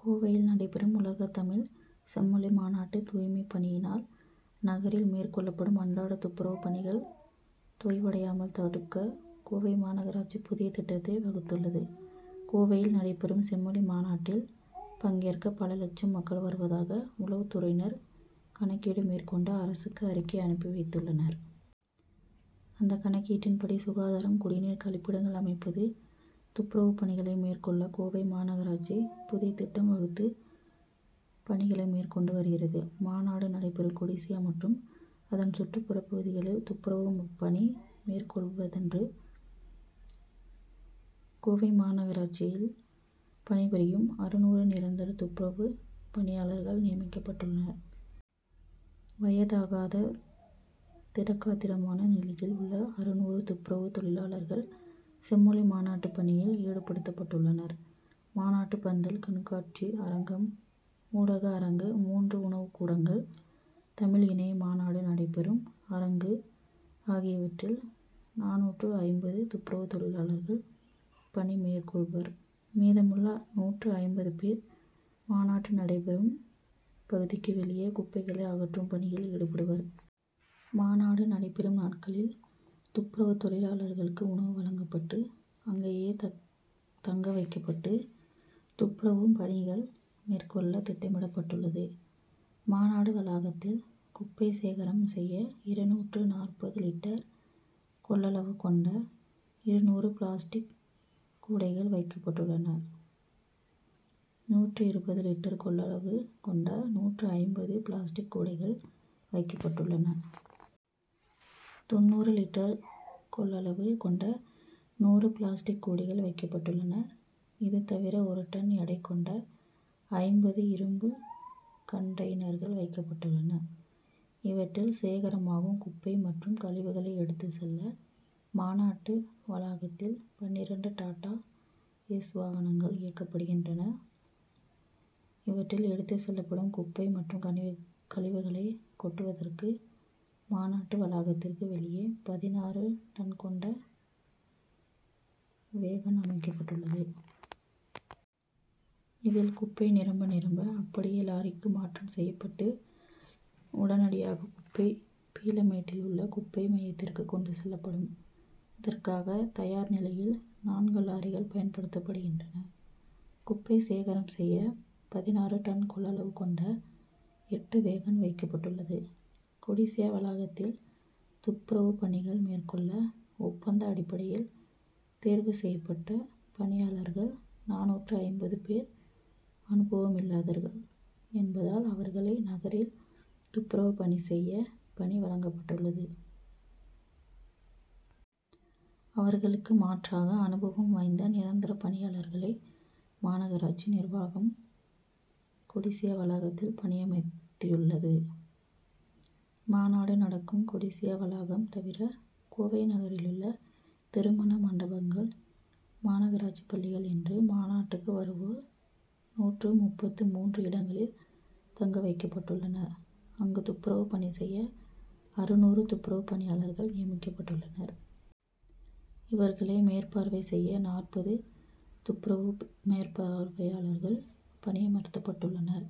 கோவை: கோவையில் நடைபெறும் உலகத்தமிழ்ச் செம்மொழி மாநாட்டு தூய்மைப் பணியினால், நகரில் மேற்கொள்ளப்படும் அன்றாட துப்புரவுப்பணிகள் தொய்வடையாமல் தடுக்க, கோவை மாநகராட்சி புதிய திட்டத்தை வகுத்துள்ளது. கோவையில் நடைபெறும் செம்மொழி மாநாட்டில் பங்கேற்க பல லட்சம் மக்கள் வருவதாக உளவுத்துறையினர் கணக்கீடு மேற்கொண்டு, அரசுக்கு அறிக்கை அனுப்பி வைத்துள்ளனர். அந்த கணக்கீட்டின்படி சுகாதாரம், குடிநீர், கழிப்பிடங்கள் அமைப்பது, துப்புரவுப்பணிகளை மேற்கொள்ள கோவை மாநகராட்சி புதிய திட்டம் வகுத்து பணிகளை மேற்கொண்டு வருகிறது. மாநாடு நடைபெறும் கொடிசியா மற்றும் அதன் சுற்றுப்புற பகுதிகளில் துப்புரவு பணிமேற்கொள்வதற்கென்று கோவை மாநகராட்சியில் பணிபுரியும் அறுநூறு நிரந்தர துப்புரவு பணியாளர்கள் நியமிக்கப்பட்டுள்ளனர். வயதாகாத, திடகாத்திரமான நிலையில் உள்ள அறுநூறு துப்புரவு தொழிலாளர்கள் செம்மொழி மாநாட்டு பணியில் ஈடுபடுத்தப்பட்டுள்ளனர். மாநாட்டு பந்தல், கண்காட்சி அரங்கம், ஊடக அரங்கு, மூன்று உணவுக்கூடங்கள், தமிழ் இணைய மாநாடு நடைபெறும் அரங்கு ஆகியவற்றில் நானூற்று ஐம்பது துப்புரவு தொழிலாளர்கள் பணிமேற்கொள்வர். மீதமுள்ள நூற்று ஐம்பது பேர் மாநாடு நடைபெறும் பகுதிக்கு வெளியே, குப்பைகளை அகற்றும் பணியில் ஈடுபடுவர். மாநாடு நடைபெறும் நாட்களில் துப்புரவு தொழிலாளர்களுக்கு உணவு வழங்கப்பட்டு, அங்கேயே தங்கவைக்கப்பட்டு துப்புரவு பணிகள் மேற்கொள்ள திட்டமிடப்பட்டுள்ளது. மாநாடு வளாகத்தில் குப்பை சேகரம் செய்ய இருநூற்று நாற்பது லிட்டர் கொள்ளளவு கொண்ட இருநூறு பிளாஸ்டிக் கூடைகள் வைக்கப்பட்டுள்ளன. நூற்று இருபது லிட்டர் கொள்ளளவு கொண்ட நூற்று ஐம்பது பிளாஸ்டிக் கூடைகள் வைக்கப்பட்டுள்ளன. தொண்ணூறு லிட்டர் கொள்ளளவு கொண்ட நூறு பிளாஸ்டிக் கூடைகள் வைக்கப்பட்டுள்ளன. இது தவிர ஒரு டன் எடை கொண்ட ஐம்பது இரும்பு கன்டெய்னர்கள் வைக்கப்பட்டுள்ளன. இவற்றில் சேகரமாகும் குப்பை மற்றும் கழிவுகளை எடுத்து செல்ல மாநாட்டு வளாகத்தில் பன்னிரண்டு டாட்டா ஏஸ் வாகனங்கள் இயக்கப்படுகின்றன. இவற்றில் எடுத்துச் செல்லப்படும் குப்பை மற்றும் கழிவுகளை கொட்டுவதற்கு மாநாட்டு வளாகத்திற்கு வெளியே பதினாறு டன் கொள்ளளவு கொண்ட வேகன் அமைக்கப்பட்டுள்ளது. இதில் குப்பை நிரம்ப நிரம்ப அப்படியே லாரிக்கு மாற்றம் செய்யப்பட்டு உடனடியாக குப்பை, பீளமேட்டிலுள்ள குப்பை மையத்திற்கு கொண்டு செல்லப்படும். இதற்காக தயார் நிலையில் நான்கு லாரிகள் பயன்படுத்தப்படுகின்றன. குப்பை சேகரம் செய்ய பதினாறு டன் கொள்ளளவு கொண்ட எட்டு வேகன் வைக்கப்பட்டுள்ளது. கொடிசியா வளாகத்தில் துப்புரவு பணிகள் மேற்கொள்ள ஒப்பந்த அடிப்படையில் தேர்வு செய்யப்பட்ட பணியாளர்கள் நானூற்று ஐம்பது பேர் அனுபவமில்லாதவர்கள் என்பதால் அவர்களை நகரில் துப்புரவு பணி செய்ய பணி வழங்கப்பட்டுள்ளது. அவர்களுக்கு மாற்றாக அனுபவம் வாய்ந்த நிரந்தர பணியாளர்களை மாநகராட்சி நிர்வாகம் கொடிசியா வளாகத்தில் பணியமர்த்தியுள்ளது. மாநாடு நடக்கும் கொடிசியா வளாகம் தவிர, கோவை நகரிலுள்ள திருமண மண்டபங்கள், மாநகராட்சி பள்ளிகள் என்று மாநாட்டுக்கு வருவோர் நூற்று முப்பத்து மூன்று இடங்களில் தங்க வைக்கப்பட்டுள்ளனர். அங்கு துப்புரவு பணி செய்ய அறுநூறு துப்புரவு பணியாளர்கள் நியமிக்கப்பட்டுள்ளனர். இவர்களை மேற்பார்வை செய்ய நாற்பது துப்புரவு மேற்பார்வையாளர்கள் பணியமர்த்தப்பட்டுள்ளனர்.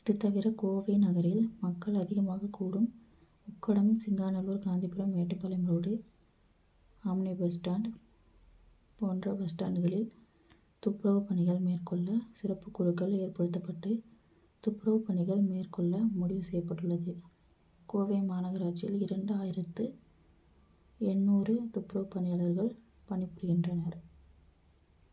இது தவிர கோவை நகரில் மக்கள் அதிகமாகக் கூடும் Ukkadam, Singanallur, Gandhipuram, Mettupalayam road, omnibus stand போன்ற பஸ் ஸ்டாண்டுகளில் துப்புரவுப் பணிகள் மேற்கொள்ள சிறப்புக்குழுக்கள் ஏற்படுத்தப்பட்டு துப்புரவுப் பணிகள் மேற்கொள்ள முடிவு செய்யப்பட்டுள்ளது. கோவை மாநகராட்சியில் இரண்டு ஆயிரத்து எண்ணூறு துப்புரவு பணியாளர்கள் பணிபுரிகின்றனர்,